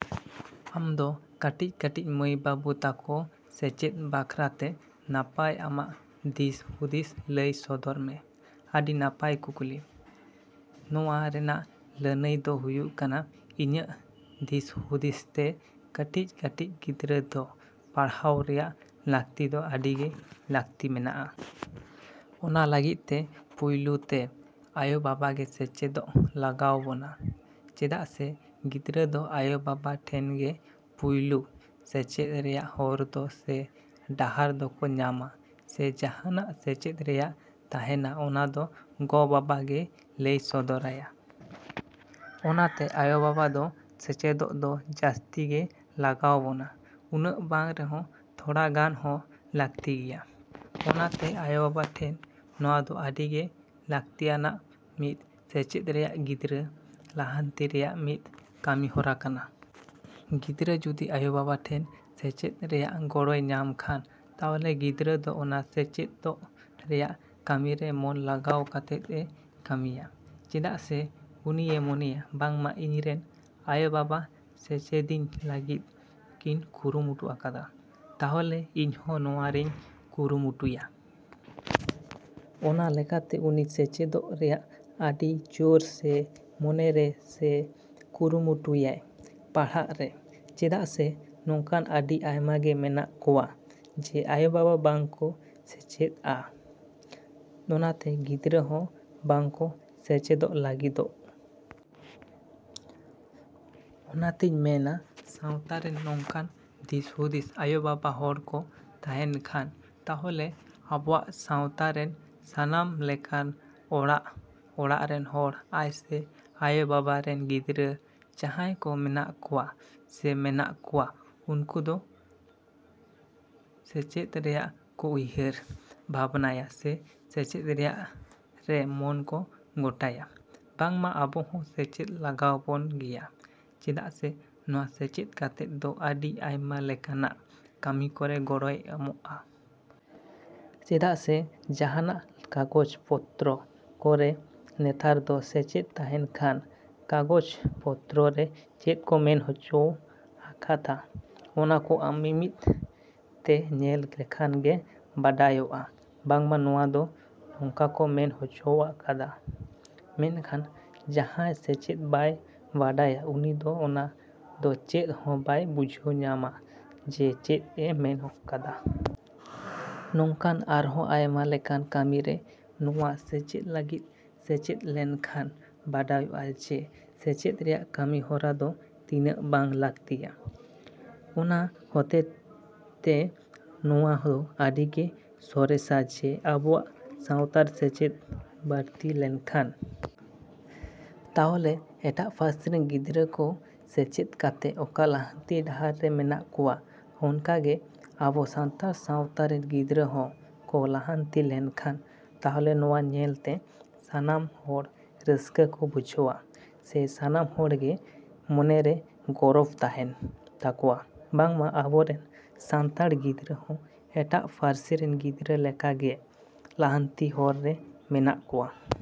ᱟᱢ ᱫᱚ ᱠᱟᱹᱴᱤᱡᱼᱠᱟᱹᱴᱤᱡ ᱢᱟᱹᱭᱼᱵᱟᱹᱵᱩ ᱛᱟᱠᱚ ᱥᱮᱪᱮᱫ ᱵᱟᱠᱷᱨᱟ ᱛᱮ ᱱᱟᱯᱟᱭ ᱟᱢᱟᱜ ᱫᱤᱥᱦᱩᱫᱤᱥ ᱞᱟᱹᱭ ᱥᱚᱫᱚᱨ ᱢᱮ᱾ ᱟᱹᱰᱤ ᱱᱟᱯᱟᱭ ᱠᱩᱠᱞᱤ᱾ ᱱᱚᱣᱟ ᱨᱮᱭᱟᱜ ᱞᱟᱹᱱᱟᱹᱭ ᱫᱚ ᱦᱩᱭᱩᱜ ᱠᱟᱱᱟ ᱤᱧᱟᱹᱜ ᱫᱤᱥᱦᱩᱫᱤᱥ ᱛᱮ ᱠᱟᱹᱴᱤᱡᱼᱠᱟᱹᱴᱤᱡ ᱜᱤᱫᱽᱨᱟᱹ ᱫᱚ ᱯᱟᱲᱦᱟᱣ ᱨᱮᱭᱟᱜ ᱞᱟᱹᱠᱛᱤ ᱫᱚ ᱟᱹᱰᱤᱜᱮ ᱞᱟᱹᱠᱛᱤ ᱢᱮᱱᱟᱜᱼᱟ᱾ ᱚᱱᱟ ᱞᱟᱹᱜᱤᱫ ᱛᱮ ᱯᱩᱭᱞᱩ ᱛᱮ ᱟᱭᱳᱼᱵᱟᱵᱟ ᱜᱮ ᱥᱮᱪᱮᱫᱚᱜ ᱞᱟᱜᱟᱣ ᱵᱚᱱᱟ ᱪᱮᱫᱟᱜ ᱥᱮ ᱜᱤᱫᱽᱨᱟᱹ ᱫᱚ ᱟᱭᱳᱼᱵᱟᱵᱟ ᱴᱷᱮᱱ ᱜᱮ ᱯᱩᱭᱞᱩ ᱥᱮᱪᱮᱫ ᱨᱮᱭᱟᱜ ᱦᱚᱨ ᱫᱚ ᱥᱮ ᱰᱟᱦᱟᱨ ᱫᱚᱠᱚ ᱧᱟᱢᱟ ᱥᱮ ᱡᱟᱦᱟᱱᱟᱜ ᱥᱮᱪᱮᱫ ᱨᱮᱭᱟᱜ ᱛᱟᱦᱮᱱᱟ ᱚᱱᱟ ᱫᱚ ᱜᱚᱼᱵᱟᱵᱟ ᱜᱮ ᱞᱟᱹᱭ ᱥᱚᱫᱚᱨᱟᱭᱟ᱾ ᱚᱱᱟᱛᱮ ᱟᱭᱳᱼᱵᱟᱵᱟ ᱫᱚ ᱥᱮᱪᱮᱫᱚᱜ ᱫᱚ ᱡᱟᱹᱥᱛᱤᱜᱮ ᱞᱟᱜᱟᱣ ᱵᱚᱱᱟ ᱩᱱᱟᱹᱜ ᱵᱟᱝ ᱨᱮᱦᱚᱸ ᱛᱷᱚᱲᱟ ᱜᱟᱱ ᱦᱚᱸ ᱞᱟᱹᱠᱛᱤ ᱜᱮᱭᱟ᱾ ᱚᱱᱟᱛᱮ ᱟᱭᱳᱼᱵᱟᱵᱟ ᱴᱷᱮᱱ ᱱᱚᱣᱟ ᱫᱚ ᱟᱹᱰᱤ ᱜᱮ ᱞᱟᱹᱠᱛᱤ ᱟᱱᱟᱜ ᱢᱤᱫ ᱥᱮᱪᱮᱫ ᱨᱮᱭᱟᱜ ᱜᱤᱫᱽᱨᱟᱹ ᱞᱟᱦᱟᱱᱛᱤ ᱨᱮᱭᱟᱜ ᱢᱤᱫ ᱠᱟᱹᱢᱤ ᱦᱚᱨᱟ ᱠᱟᱱᱟ᱾ ᱜᱤᱫᱽᱨᱟᱹ ᱡᱩᱫᱤ ᱟᱭᱳᱼᱵᱟᱵᱟ ᱴᱷᱮᱡ ᱥᱮᱪᱮᱫ ᱨᱮᱭᱟᱜ ᱜᱚᱲᱚᱭ ᱧᱟᱢ ᱠᱷᱟᱱ ᱛᱟᱦᱚᱞᱮ ᱜᱤᱫᱽᱨᱟᱹ ᱫᱚ ᱚᱱᱟ ᱥᱮᱪᱮᱫᱚᱜ ᱨᱮᱭᱟᱜ ᱠᱟᱹᱢᱤᱨᱮ ᱢᱚᱱ ᱞᱟᱜᱟᱣ ᱠᱟᱛᱮᱫ ᱮ ᱠᱟᱹᱢᱤᱭᱟ ᱪᱮᱫᱟᱜ ᱥᱮ ᱩᱱᱤᱭ ᱢᱚᱱᱮᱭᱟ ᱵᱟᱝᱢᱟ ᱤᱧ ᱨᱮᱱ ᱟᱭᱳᱼᱵᱟᱵᱟ ᱥᱮᱪᱮᱫᱤᱧ ᱞᱟᱹᱜᱤᱫ ᱠᱤᱱ ᱠᱩᱨᱩᱢᱩᱴᱩ ᱟᱠᱟᱫᱟ ᱛᱟᱦᱚᱞᱮ ᱤᱧ ᱦᱚᱸ ᱱᱚᱣᱟ ᱨᱮᱧ ᱠᱩᱨᱩᱢᱩᱴᱩᱭᱟ᱾ ᱚᱱᱟ ᱞᱮᱠᱟᱛᱮ ᱩᱱᱤ ᱥᱮᱪᱮᱫᱚᱜ ᱨᱮᱭᱟᱜ ᱟᱹᱰᱤ ᱡᱳᱨ ᱥᱮ ᱢᱚᱱᱮᱨᱮ ᱥᱮ ᱠᱩᱨᱩᱢᱩᱴᱩ ᱭᱟᱭ ᱯᱟᱲᱦᱟᱜ ᱨᱮ ᱪᱮᱫᱟᱜ ᱥᱮ ᱱᱚᱝᱠᱟᱱ ᱟᱹᱰᱤ ᱟᱭᱢᱟ ᱜᱮ ᱢᱮᱱᱟᱜ ᱠᱚᱣᱟ ᱡᱮ ᱟᱭᱳᱼᱵᱟᱵᱟ ᱵᱟᱝ ᱠᱚ ᱥᱮᱪᱮᱫᱟ ᱚᱱᱟᱛᱮ ᱜᱤᱫᱽᱨᱟᱹ ᱦᱚᱸ ᱵᱟᱝᱠᱚ ᱥᱮᱪᱮᱫᱚᱜ ᱞᱟᱹᱜᱤᱫᱚᱜ᱾ ᱚᱱᱟᱛᱮᱧ ᱢᱮᱱᱟ ᱥᱟᱶᱛᱟᱨᱮᱱ ᱱᱚᱝᱠᱟᱱ ᱫᱤᱥᱦᱩᱫᱤᱥ ᱟᱭᱳᱼᱵᱟᱵᱟ ᱦᱚᱲ ᱠᱚ ᱛᱟᱦᱮᱱ ᱠᱷᱟᱱ ᱛᱟᱦᱚᱞᱮ ᱟᱵᱚᱣᱟᱜ ᱥᱟᱶᱛᱟ ᱨᱮᱱ ᱥᱟᱱᱟᱢ ᱞᱮᱠᱟᱱ ᱚᱲᱟᱜᱼᱚᱲᱟᱜ ᱨᱮᱱ ᱦᱚᱲ ᱟᱭᱥᱮ ᱟᱭᱳᱼᱵᱟᱵᱟ ᱨᱮᱱ ᱜᱤᱫᱽᱨᱟᱹ ᱡᱟᱦᱟᱸᱭ ᱠᱚ ᱢᱮᱱᱟᱜ ᱠᱚᱣᱟ ᱥᱮ ᱢᱮᱱᱟᱜ ᱠᱚᱣᱟ ᱩᱱᱠᱩ ᱫᱚ ᱥᱮᱪᱮᱫ ᱨᱮᱭᱟᱜ ᱠᱚ ᱩᱭᱦᱟᱹᱨ ᱵᱷᱟᱵᱽᱱᱟᱭᱟ ᱥᱮ ᱥᱮᱪᱮᱫ ᱨᱮᱭᱟᱜ ᱨᱮ ᱢᱚᱱ ᱠᱚ ᱜᱚᱴᱟᱭᱟ ᱵᱟᱝᱢᱟ ᱟᱵᱚ ᱦᱚᱸ ᱥᱮᱪᱮᱫ ᱞᱟᱜᱟᱣ ᱵᱚᱱ ᱜᱮᱭᱟ ᱪᱮᱫᱟᱜ ᱥᱮ ᱱᱚᱣᱟ ᱥᱮᱪᱮᱫ ᱠᱟᱛᱮᱫ ᱫᱚ ᱟᱹᱰᱤ ᱟᱭᱢᱟ ᱞᱮᱠᱟᱱᱟᱜ ᱠᱟᱹᱢᱤ ᱠᱚᱨᱮ ᱜᱚᱲᱚᱭ ᱮᱢᱚᱜᱼᱟ᱾ ᱪᱮᱫᱟᱜ ᱥᱮ ᱡᱟᱦᱟᱱᱟᱜ ᱠᱟᱜᱚᱡᱽ ᱯᱚᱛᱨᱚ ᱠᱚᱨᱮ ᱱᱮᱛᱟᱨ ᱫᱚ ᱥᱮᱪᱮᱫ ᱛᱟᱦᱮᱸ ᱠᱷᱟᱱ ᱠᱟᱜᱚᱡᱽ ᱯᱚᱛᱨᱚ ᱨᱮ ᱪᱮᱫ ᱠᱚ ᱢᱮᱱ ᱦᱚᱪᱚᱣ ᱟᱠᱟᱫᱟ ᱚᱱᱟ ᱠᱚ ᱟᱢ ᱢᱤᱢᱤᱫ ᱛᱮ ᱧᱮᱞ ᱞᱮᱠᱷᱟᱱ ᱜᱮ ᱵᱟᱰᱟᱭᱚᱜᱼᱟ ᱵᱟᱝᱢᱟ ᱱᱚᱶᱟ ᱫᱚ ᱱᱚᱝᱠᱟ ᱠᱚ ᱢᱮᱱ ᱦᱚᱪᱚᱣ ᱟᱠᱟᱫᱟ ᱢᱮᱱᱠᱷᱟᱱ ᱡᱟᱦᱟᱸᱭ ᱥᱮᱪᱮᱫ ᱵᱟᱭ ᱵᱟᱰᱟᱭᱟ ᱩᱱᱤ ᱫᱚ ᱚᱱᱟ ᱫᱚ ᱪᱮᱫ ᱦᱚᱸ ᱵᱟᱭ ᱵᱩᱡᱷᱟᱹᱣ ᱧᱟᱢᱟ ᱡᱮ ᱪᱮᱫ ᱮ ᱢᱮᱱ ᱠᱟᱫᱟ᱾ ᱱᱚᱝᱠᱟᱱ ᱟᱨᱦᱚᱸ ᱟᱭᱢᱟ ᱞᱮᱠᱟᱱ ᱠᱟᱹᱢᱤᱨᱮ ᱱᱚᱶᱟ ᱥᱮᱪᱮᱫ ᱞᱟᱹᱜᱤᱫ ᱥᱮᱪᱮᱫ ᱞᱮᱱᱠᱷᱟᱱ ᱵᱟᱰᱟᱭᱚᱜᱼᱟ ᱡᱮ ᱥᱮᱪᱮᱫ ᱨᱮᱭᱟᱜ ᱠᱟᱹᱢᱤ ᱦᱚᱨᱟ ᱫᱚ ᱛᱤᱱᱟᱹᱜ ᱵᱟᱝ ᱞᱟᱹᱠᱛᱤᱭᱟ᱾ ᱚᱱᱟ ᱦᱚᱛᱮᱡ ᱛᱮ ᱱᱚᱣᱟ ᱫᱚ ᱟᱰᱤᱜᱮ ᱥᱚᱨᱮᱥᱟ ᱡᱮ ᱟᱵᱚᱣᱟᱜ ᱥᱟᱶᱛᱟᱨᱮ ᱥᱮᱪᱮᱫ ᱵᱟᱹᱲᱛᱤ ᱞᱮᱱᱠᱷᱟᱱ ᱛᱟᱦᱚᱞᱮ ᱮᱴᱟᱜ ᱯᱟᱹᱨᱥᱤᱨᱮᱱ ᱜᱤᱫᱽᱨᱟᱹ ᱠᱚ ᱥᱮᱪᱮᱫ ᱠᱟᱛᱮᱫ ᱚᱠᱟ ᱞᱟᱦᱟᱱᱛᱤ ᱰᱟᱦᱟᱨ ᱨᱮ ᱢᱮᱱᱟᱜ ᱠᱚᱣᱟ ᱚᱱᱠᱟᱜᱮ ᱟᱵᱚ ᱥᱟᱱᱛᱟᱲ ᱥᱟᱶᱛᱟ ᱨᱮᱱ ᱜᱤᱫᱽᱨᱟᱹ ᱦᱚᱸᱠᱚ ᱞᱟᱦᱟᱱᱛᱤ ᱞᱮᱱᱠᱷᱟᱱ ᱛᱟᱦᱚᱞᱮ ᱱᱚᱣᱟ ᱧᱮᱞ ᱛᱮ ᱥᱟᱱᱟᱢ ᱦᱚᱲ ᱨᱟᱹᱥᱠᱟᱹ ᱠᱚ ᱵᱩᱡᱷᱟᱹᱣᱟ ᱥᱮ ᱥᱟᱱᱟᱢ ᱦᱚᱲ ᱜᱮ ᱢᱚᱱᱮᱨᱮ ᱜᱚᱨᱚᱵ ᱛᱟᱦᱮᱱ ᱛᱟᱠᱚᱣᱟ ᱵᱟᱝᱢᱟ ᱟᱵᱚᱨᱮᱱ ᱥᱟᱱᱛᱟᱲ ᱜᱤᱫᱽᱨᱟᱹ ᱦᱚᱸ ᱮᱴᱟᱜ ᱯᱟᱨᱥᱤᱨᱮᱱ ᱜᱤᱫᱽᱨᱟᱹ ᱞᱮᱠᱟᱜᱮ ᱞᱟᱦᱟᱱᱛᱤ ᱦᱚᱨ ᱨᱮ ᱢᱮᱱᱟᱜ ᱠᱚᱣᱟ।